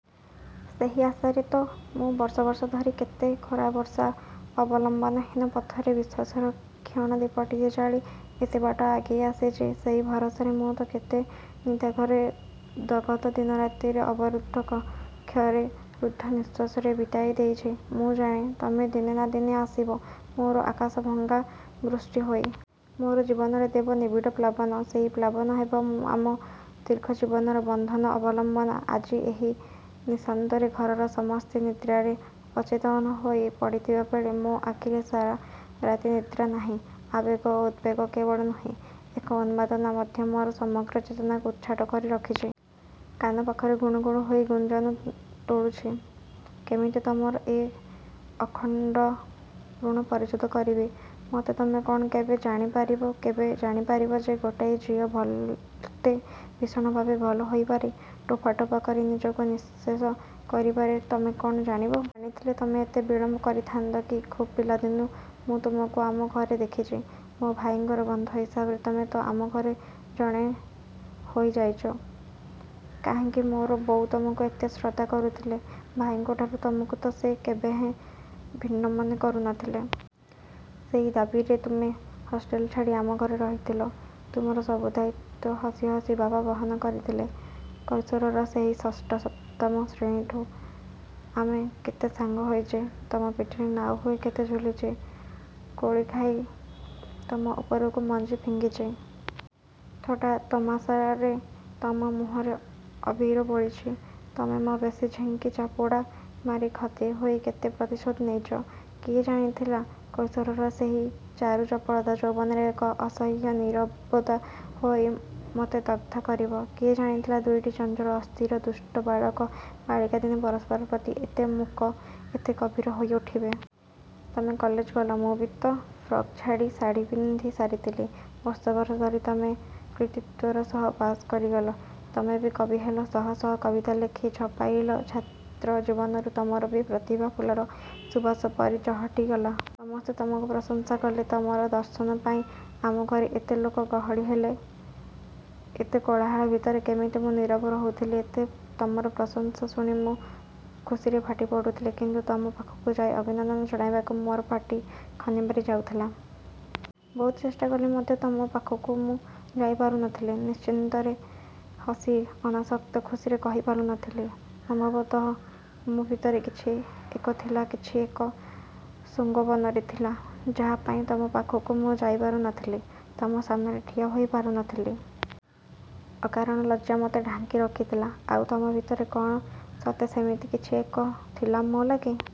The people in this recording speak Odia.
ସେହି ଆଶାରେ ତ ମୁଁ ବର୍ଷ ବର୍ଷ ଧରି, କେତେ ଖରାବର୍ଷା ଅବଲମ୍ବନହୀନ ପଥରେ, ବିଶ୍ୱାସର କ୍ଷୀଣ ଦୀପଟିଏ ଜାଳି ଏତେବାଟ ଆଗେଇ ଆସିଚି। ସେଇ ଭରସାରେ ମୁଁ ତ କେତେ ନିଦାଘରେ ଦଗଧ ଦିନରାତିରେ ଅବରୁଦ୍ଧ କକ୍ଷରେ, ରୁଦ୍ଧ ନିଃଶ୍ଵାସରେ ବିତେଇଦେଇଚି। ମୁଁ ଜାଣେ, ତମେ ଦିନେ ନାଁ ଦିନେ ଆସିବ ମୋର ଆକାଶ ଭଙ୍ଗା ବୃଷ୍ଟି ହୋଇ। ମୋ'ର ଜୀବନରେ ଦେବ ନିବିଡ଼ ପ୍ଲାବନ। ସେଇ ପ୍ଲାବନ ହେବ ଆମ ଦୀର୍ଘ ଜୀବନର ବନ୍ଧନ, ଅବଲମ୍ବନ। ଆଜି ଏହି ନିଶାନ୍ତରେ ଘରର ସମସ୍ତେ ନିଦ୍ରାରେ ଅଚେତନ ହୋଇ ପଡ଼ିଥିବାବେଳେ, ମୋ' ଆଖିରେ ସାରା ରାତି ନିଦ୍ରା ନାହିଁ। ଆବେଗ ଓ ଉଦ୍ବେଗ କେବଳ ନୁହେଁ, ଏକ ଉନ୍ମାଦନା ମଧ୍ୟ ମୋର ସମଗ୍ର ଚେତନାକୁ ଉଚ୍ଛାଟ କରି ରଖିଚି। କାନ ପାଖରେ ଗୁଣୁ ଗୁଣୁ ହୋଇ ଗୁଞ୍ଜନ ତୋଳୁଛି। କେମିତି ତମର ଏ ଅଖଣ୍ଡ ଋଣ ପରିଶୋଧ କରିବି। ମତେ ତମେ କ'ଣ କେବେ ଜାଣି ପାରିବ କେବେ ଜାଣିପାରିବ ଯେ ଗୋଟାଏ ଝିଅ ଏତେ ଭୀଷଣଭାବେ ଭଲ ପାଇପାରେ? ଟୋପା ଟୋପା କରି ନିଜକୁ ନିଃଶେଷ କରିପାରେ ତମେ କ'ଣ ଜାଣିବ? ଜାଣିଥିଲେ ତମେ ଏତେ ବିଳମ୍ବ କରିଥାନ୍ତ କି? ଖୁବ୍ ପିଲାଦିନୁ ମୁଁ ତମକୁ ଆମ ଘରେ ଦେଖିଚି। ମୋ ଭାଇଙ୍କର ବନ୍ଧୁ ହିସାବରେ ତମେ ତ ଆମଘରେ ଜଣେ ହୋଇ ଯାଇଚ। କାହିଁକି ମୋର ବୋଉ ତମକୁ ଏତେ ଶ୍ରଦ୍ଧା କରୁଥିଲେ? ଭାଇଙ୍କଠାରୁ ତମକୁ ତ ସେ କେବେହେଁ ଭିନ୍ନ ମନେ କରୁ ନ ଥିଲେ। ସେଇ ଦାବୀରେ ତୁମେ ହଷ୍ଟେଲ ଛାଡ଼ି ଆମଘରେ ରହିଥିଲ। ତୁମର ସବୁ ଦାୟିତ୍ୱ ହସି ହସି ବାପା ବହନ କରିଥିଲେ। କୈଶୋରର ସେହି ଷଷ୍ଠ, ସପ୍ତମ ଶ୍ରେଣୀଠୁ ଆମେ କେତେ ସାଙ୍ଗ ହୋଇଚେ। ତମ ପିଠିରେ ନାଉ ହୋଇ କେତେ ଝୁଲିଛି। କୋଳିଖାଇ ତମ ଉପରକୁ ମଞ୍ଜି ଫିଙ୍ଗିଛି। ଥଟ୍ଟା ତାମସାରେ ତମ ମୁହଁରେ ଅବିର ବୋଳିଛି। ତମେ ମୋ ବେଣୀ ଝିଙ୍କି ଚାପୁଡ଼ା ମାରି ଖତେଇ ହୋଇ କେତେ ପ୍ରତିଶୋଧ ନେଇଚ। କିଏ ଜାଣିଥିଲା, କୈଶୋରର ସେହି ଚାରୁ ଚପଳତା ଯୌବନରେ ଏକ ଅସହ୍ୟ ନୀରବତା ହୋଇ ମତେ ଦଗ୍ଧ କରିବ। କିଏ ଜାଣିଥିଲା ଦୁଇଟି ଚଞ୍ଚଳ, ଅସ୍ଥିର, ଦୁଷ୍ଟ ବାଳକ ବାଳିକା ଦିନେ ପରସ୍ପର ପ୍ରତି ଏତେ ମୂକ, ଏତେ ଗମ୍ଭୀର ହୋଇ ଉଠିବେ। ତମେ କଲେଜ ଗଲ। ମୁଁ ବି ତ ଫ୍ରକ୍ ଛାଡ଼ି ଶାଢ଼ିପିନ୍ଧି ସାରିଥିଲି। ବର୍ଷ ବର୍ଷ ଧରି ତମେ କୃତିତ୍ୱର ସହ ପାଶ୍ କରିଗଲ। ତମେ କବି ହେଲ। ଶହ ଶହ କବିତା ଲେଖି ଛପାଇଲ, ଛାତ୍ର ଜୀବନରୁ ତମର କବି ପ୍ରତିଭା ଫୁଲର ସୁବାସ ପରି ଚହଟି ଗଲା। ସମସ୍ତେ ତମକୁ ପ୍ରଶଂସା କଲେ। ତମର ଦର୍ଶନ ପାଇଁ, ଆମଘରେ ଏତେ ଲୋକ ଗହଳି ହେଲା। ଏତେ କୋଳାହଳ ଭିତରେ କେମିତି ମୁଁ ନୀରବ ରହୁଥିଲି ଏତେ? ତମର ପ୍ରଶଂସା ଶୁଣି ମୁଁ ଖୁସିରେ ଫାଟି ପଡ଼ୁଥିଲି, କିନ୍ତୁ ତମ ପାଖକୁ ଯାଇ ଅଭିନନ୍ଦନ ଜଣାଇବାକୁ ମୋ ପାଟି ଖନିମାରି ଯାଉଥିଲା। ବହୁ ଚେଷ୍ଟାକରି ମଧ୍ୟ ତମ ପାଖକୁ ମୁଁ ଯାଇପାରୁ ନ ଥିଲି, ନିଶ୍ଚିନ୍ତରେ ହସି ଅନାସକ୍ତ ଖୁସିରେ କହିପାରୁ ନ ଥିଲି। ସମ୍ଭବତଃ ମୋ ଭିତରେ କିଛି ଏକ ଥିଲା, କିଛି ଏକ ସଂଗୋପନରେ ଥିଲା, ଯାହାପାଇଁ ତମ ପାଖକୁ ମୁଁ ଯାଇପାରୁ ନ ଥିଲି। ତମ ସାମ୍ନାରେ ଠିଆ ହୋଇ ପାରୁ ନ ଥିଲି। ଅକାରଣ ଲଜ୍ଜା ମତେ ଢାଙ୍କି ରଖିଥିଲା, ଆଉ ତମ ଭିତରେ କ'ଣ ସତେ ସେମିତି କିଛି ଏକ ଥିଲା ମୋ ଲାଗି?